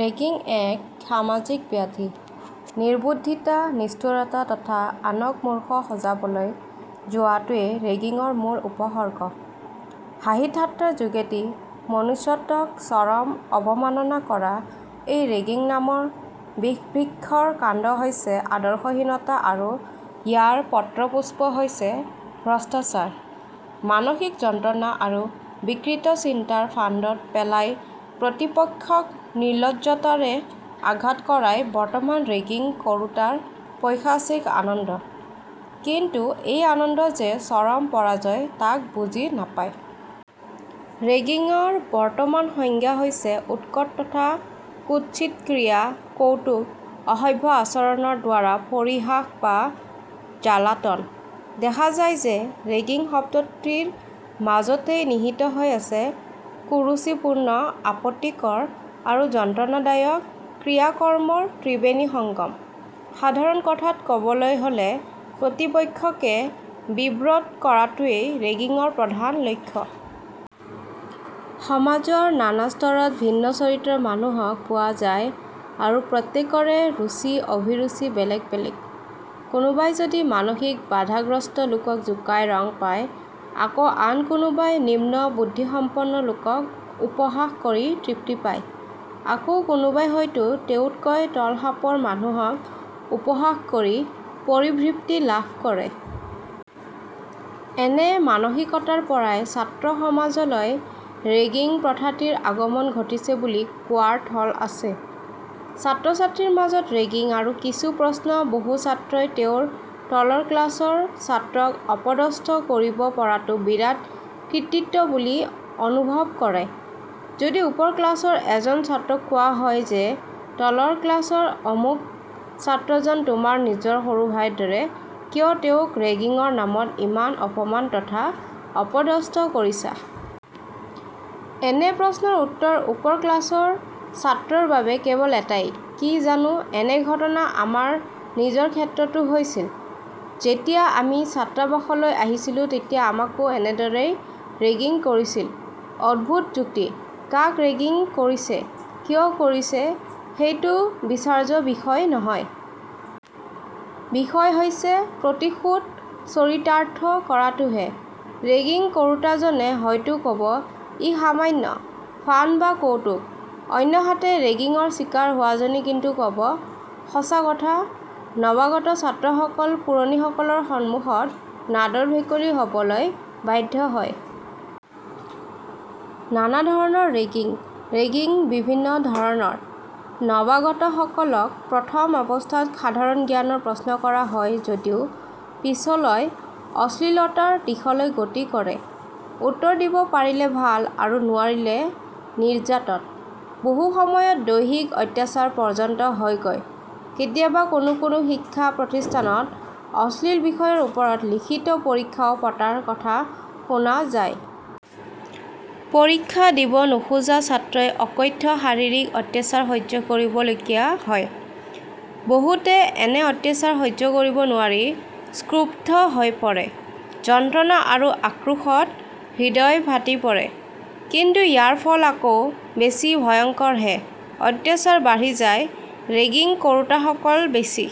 Ragging এক সামাজিক ব্যাধি। নিৰ্বুদ্ধিতা, নিষ্ঠুৰতা তথা আনক মূৰ্খ সজাবলৈ যোৱাটোৱেই ৰেগিঙৰ মূল উপসৰ্গ। হাঁহি-ঠাট্টাৰ যোগেদি মনুষ্যত্বক চৰম অবমাননা কৰা এই ৰেগিং নামৰ বিষবৃক্ষৰ কাণ্ড হৈছে আদৰ্শহীনতা আৰু ইয়াৰ পত্ৰপুষ্প হৈছে ভ্ৰষ্টাচাৰ। মানসিক যন্ত্ৰণা আৰু বিকৃত চিন্তাৰ ফান্দত পেলাই প্ৰতিপক্ষক নিলজ্জতাৰে আঘাত কৰাই বৰ্তমান ৰেগিং কৰোতাৰ পৈশাচিক আনন্দ ৷ কিন্তু এই আনন্দ যে চৰম পৰাজয় তাক বুজি নাপায়। ৰেগিঙৰ বৰ্তমান সংজ্ঞা হৈছে উৎকট তথা কুৎসিত ক্ৰীড়া কৌতুক; অসভ্য আচৰণৰ দ্বাৰা পৰিহাস বা জ্বালাতন। দেখা যায় যে ৰেগিং শব্দটিৰ মাজতেই নিহিত হৈ আছে কুৰুচিপূৰ্ণ, আপত্তিকৰ আৰু যন্ত্ৰণাদায়ক ক্ৰিয়াকৰ্মৰ ত্ৰিবেণীসংগম। সাধাৰণ কথাত ক'বলৈ হ'লে প্ৰতিপক্ষকে বিব্ৰত কৰাটোৱেই ৰেগিঙৰ প্ৰধান লক্ষ্য। সমাজৰ নানা স্তৰত ভিন্ন চৰিত্ৰৰ মানুহক পোৱা যায় আৰু প্ৰত্যেকৰে ৰুচি-অভিৰুচি বেলেগ বেলেগ। কোনোবাই যদি মানসিক বাধাগ্ৰস্ত লোকক জোকাই ৰং পায় আকৌ আন কোনোবাই নিম্ন বুদ্ধিসম্পন্ন লোকক উপহাস কৰি তৃপ্তি পায়। আকৌ কোনোবাই হয়তো তেওঁতকৈ তলখাপৰ মানুহক উপহাস কৰি পৰিভৃপ্তি লাভ কৰে। এনে মানসিকতাৰ পৰাই ছাত্ৰসমাজলৈ ৰেগিং প্ৰথাটিৰ আগমন ঘটিছে বুলি কোৱাৰ থল আছে। ছাত্ৰ-ছাত্ৰীৰ মাজত ৰেগিং আৰু কিছু প্ৰশ্ন বহু ছাত্ৰই তেওঁৰ তলৰ ক্লাচৰ ছাত্ৰক অপদস্থ কৰিব পৰাটো বিৰাট কৃতিত্ব বুলি অনুভৱ কৰে। যদি ওপৰ ক্লাচৰ এজন ছাত্ৰক কোৱা হয় যে, তলৰ ক্লাচৰ অমুক ছাত্ৰজন তোমাৰ নিজৰ সৰু ভাইৰ দৰে, কিয় তেওঁক ৰেগিঙৰ নামত ইমান অপমান তথা অপদস্থ কৰিছা? এনে প্ৰশ্নৰ উত্তৰ ওপৰ ক্লাছৰ ছাত্ৰৰ বাবে কেৱল এটাই- "কি জানো, এনে ঘটনা আমাৰ নিজৰ ক্ষেত্ৰতো হৈছিল। যেতিয়া আমি ছাত্ৰাবাসলৈ আহিছিলো তেতিয়া আমাকো এনেদৰেই ৰেগিং কৰিছিল। " অদ্ভুত যুক্তি, কাক ৰেগিং কৰিছে, কিয় কৰিছে সেইটো বিচাৰ্য বিষয় নহয়। বিষয় হৈছে প্ৰতিশোধ চৰিতাৰ্থ কৰাটোহে। ৰেগিং কৰোতাজনে হয়তো ক'ব- ই সামান্য 'ফান' বা কৌতুক। অন্যহাতে ৰেগিঙৰ চিকাৰ হোৱাজনে কিন্তু ক'ব, ",."! সঁচা কথা, নবাগত ছাত্ৰসকল পুৰণিসকলৰ সন্মুখত নাদৰ ভেকুলী হ'বলৈ বাধ্য হয়। নানাধৰণৰ ৰেগিং ৰেগিংবিভিন্ন ধৰণৰ। নবাগতসকলক প্ৰথম অৱস্থাত সাধাৰণ জ্ঞানৰ প্ৰশ্ন কৰা হয় যদিও পিছলৈ অশ্লীলতাৰ দিশলৈ গতি কৰে। উত্তৰ দিব পাৰিলে ভাল আৰু নোৱাৰিলে নিৰ্যাতন। বহুসময়ত দৈহিক অত্যাচাৰ পৰ্যন্ত হয়গৈ। কেতিয়াবা কোনো কোনো শিক্ষা প্ৰতিষ্ঠানত অশ্লীল বিষয়ৰ ওপৰত লিখিত পৰীক্ষাও পতাৰ কথা শুনা যায়। পৰীক্ষা দিব নোখোজা ছাত্ৰই অকথ্য শাৰীৰিক অত্যাচাৰ সহ্য কৰিবলগা হয়। বহুতে এনে অত্যাচাৰ সহ্য কৰিব নোৱাৰি ক্ৰুদ্ধ হৈ পৰে৷ যন্ত্ৰণা আৰু আক্ৰোশত হৃদয় ফাটি পৰে; কিন্তু ইয়াৰ ফল আকৌ বেছি ভয়ঙ্কৰহে। অত্যাচাৰ বাঢ়ি যায়, ৰেগিং কৰোতাসকল বেছি